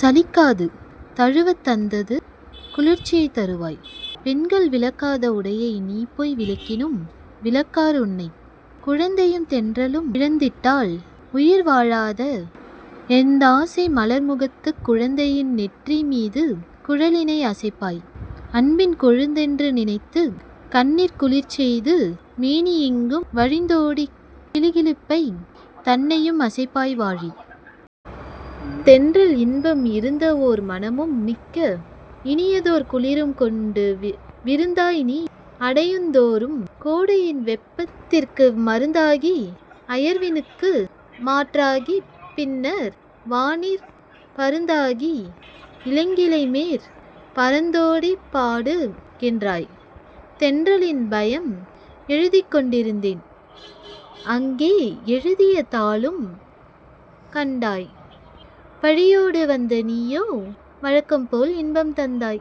சலிக்காது தழுவத் தந்தது குளிர்ச்சியைத் தருவாய்! பெண்கள் விலக்காத உடையை நீபோய் விலக்கினும், விலக்கார் உன்னை! குழந்தையும் தென்றலும் இழந்திட்டால் உயிர்வா ழாத என்னாசை மலர்மு கத்துக் குழந்தையின் நெற்றி மீது குழலினை அசைப்பாய்; அன்பின் கொழுந்தென்று நினத்துக், கண்ணிற் குளிர்செய்து, மேனி யெங்கும் வழிந்தோடிக் கிலு கிலுப்பை தன்னையு ம் அசைப்பாய் வாழி. தென்றல் இன்பம் இருந்தஓர் மனமும், மிக்க இனியதோர் குளிரும் கொண்டு விருந்தாய்நீ அடையுந் தோறும் கோடையின் வெப்பத் திற்கு மருந்தாகி அயர்வி னுக்கு மாற்றாகிப் பின்னர் வானிற் பருந்தாகி இளங்கி ளைமேற் பறந்தோடிப் பாடு கின்றாய்! தென்றலின் பயன் எழுதிக்கொண் டிருந்தேன்; அங்கே எழுதிய தாளும் கண்டாய்; வழியோடு வந்த நீயோ வழக்கம்போல் இன்பம் தந்தாய்;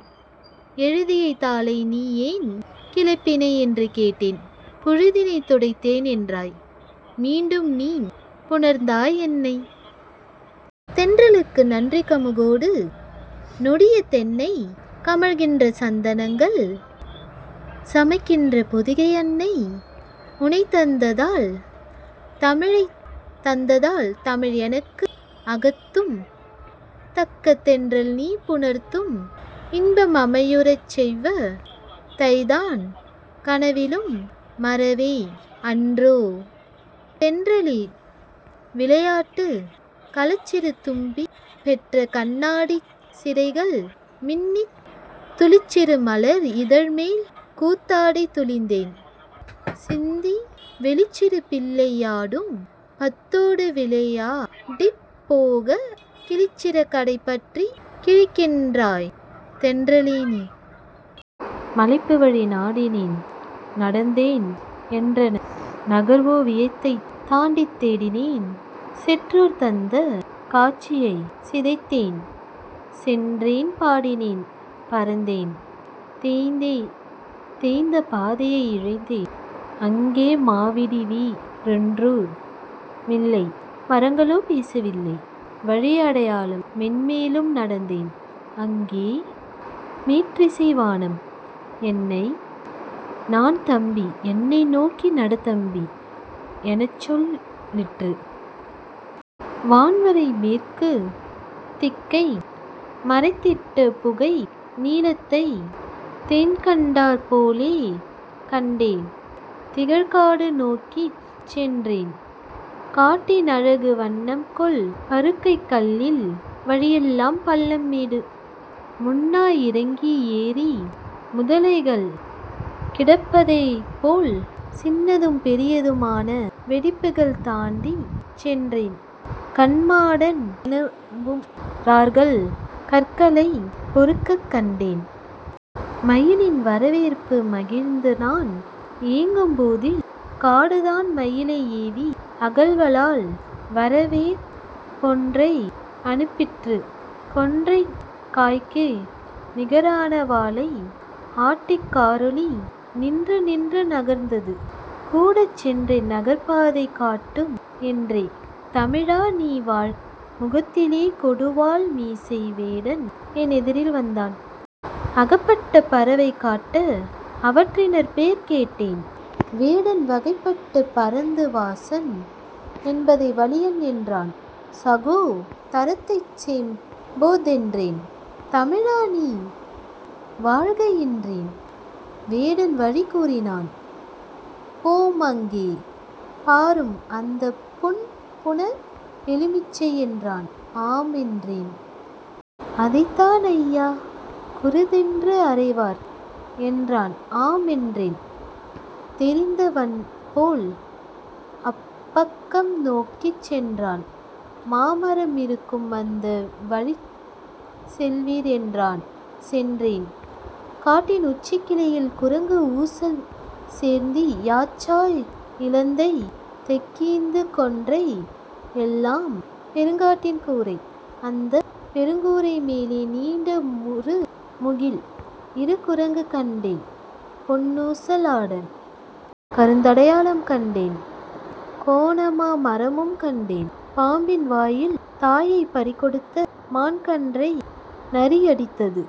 "எழுதிய தாளை நீ ஏன் கிளப்பினை" என்று கேட்டேன், "புழுதியைத் துடைத்தேன்" என்றாய்; மீண்டும்நீ புணர்ந்தாய் என்னை! தென்றலிற்கு நன்றி கமுகொடு, நெடிய தென்னை, கமழ்கின்ற சந்த னங்கள், சமைகின்ற பொதிகை அன்னை, உனைத்தந்தாள் தமிழைத் தந்தாள் தமிழ் எனக்கு அகத்தும், தக்க தென்றல்நீ புறத்தும், இன்பம் அமைவுறச் செய்வ தைநான் கனவிலும் மறவேன் அன்றோ? தென்றலின் விளையாட்டு களச்சிறு தும்பி பெற்ற கண்ணாடிச் சிறகில் மின்னித், துளிச்சிறு மலர் இதழ்மேல் கூத்தாடித் துளிதேன் சிந்தி, வெளிச்சிறு பிள்ளை யாடும் பந்தோடு விளயா டிப், போய்க் கிளிச்சிற காடை பற்றிக் கிழிக்கின்றாய் தென்ற லேநீ! மலைப்பு வழி நாடினேன்; நடந்தேன்; என்றன் நகரஓ வியத்தைத் தாண்டித் தேடினேன்; சிற்றுர் தந்த காட்சியைச் சிதைத்தேன்; சென்றேன்; பாடினேன்; பறந்தேன்; தேய்ந்த பாதையை இழந்தேன். அங்கே மாடிவீ டொன்று மில்லை மரங்களோ பேசவில்ல! வழியடையாளம் மேன் மேலும் நடந்தேன்; அங்கே 'மேற்றிசை வானம்' என்னை "நான் தம்பி என்னை நோக்கி நட தம்பி" எனச்சொல் லிற்று! வான்வரை மேற்குத் திக்கை மறைத்திட்ட புகைநீ லத்தைத் தேன்கண்டாற் போலே கண்டேன், திகழ் காடு நோக்கிச் சென்றேன். காட்டின் அழகு வன்மை கொள் பருக்கைக் கல்லின் வழியெல்லாம் பள்ளம், மேடு! முன்னாக இறங்கி ஏறி முதலைகள் கிடப்ப தைப்போல் சின்னதும் பெரிது மான வெடிப்புக்கள் தாண்டிச் சென்றேன்; "கன்மாடம்" எனும்பு றாக்கள் கற்களைப் பொறுக்கக் கண்டேன். மயிலின் வரவேற்பு மகிழ்ந்துநான் ஏகும் போதில் காடுதன் மயிலை ஏவி அகவலால் வரவேற் பொன்றை அனுப்பிற்று கொன்றைக் காய்க்கு நிகரான வாலை ஆட்டிக் காரெலி நின்று நின்று நகர்ந்தது. கூடச் சென்றேன் நற்பாதை காட்டும் என்றே. தமிழா நீ வாழ்க முகத்திலே கொடுவாள் மீசை வேடன், என் எதிரில் வந்தான். அகப்பட்ட பறவை காட்ட, அவற்றின்பேர் கேட்டேன்! வேடன் வகைபட்ட பரத்து வாசன் என்பதை வலியன் என்றான்; சகோ தரத்தைச் செம்போத் தென்றான்! தமிழா நீ வாழ்க என்றேன். வேடன் வழி கூறினான் "போம் அங்கே! பாரும் அந்தப் புன எலு மிச்சை" என்றான். " ஆம்" என்றேன்". "அதைத்தான் ஐயா குருந்தென்றும் அறைவார்" என்றான் "ஆம்" என்றேன் தெரிந்த வன்போல்! "அப்பக்கம் நோக்கிச் சென்றால் மாமரம் இருக்கும் அந்த வழிச்செல்வீர்" என்றான் சென்றேன். காட்டின் உச்சிக்கிளையில் குரங்கு ஊசல் செருந்தி, யாச்சா, இலந்தை, தேக்கீந்து கொன்றை யெல்லாம் பெருங்காட்டின் கூரை! அந்தப் பெருங்கூரை மேலே நீண்ட ஒரு முங்கில்; இரு குரங்கு கண்டேன் பொன் னுசல் ஆடல்! குருந்தடையாளம் கண்டேன் கோணல்மா மரமும் கண்டேன்! பாம்பின் வாயில் தாயைப் பறிகொடுத்த மான்கன்றை நரியடித்தது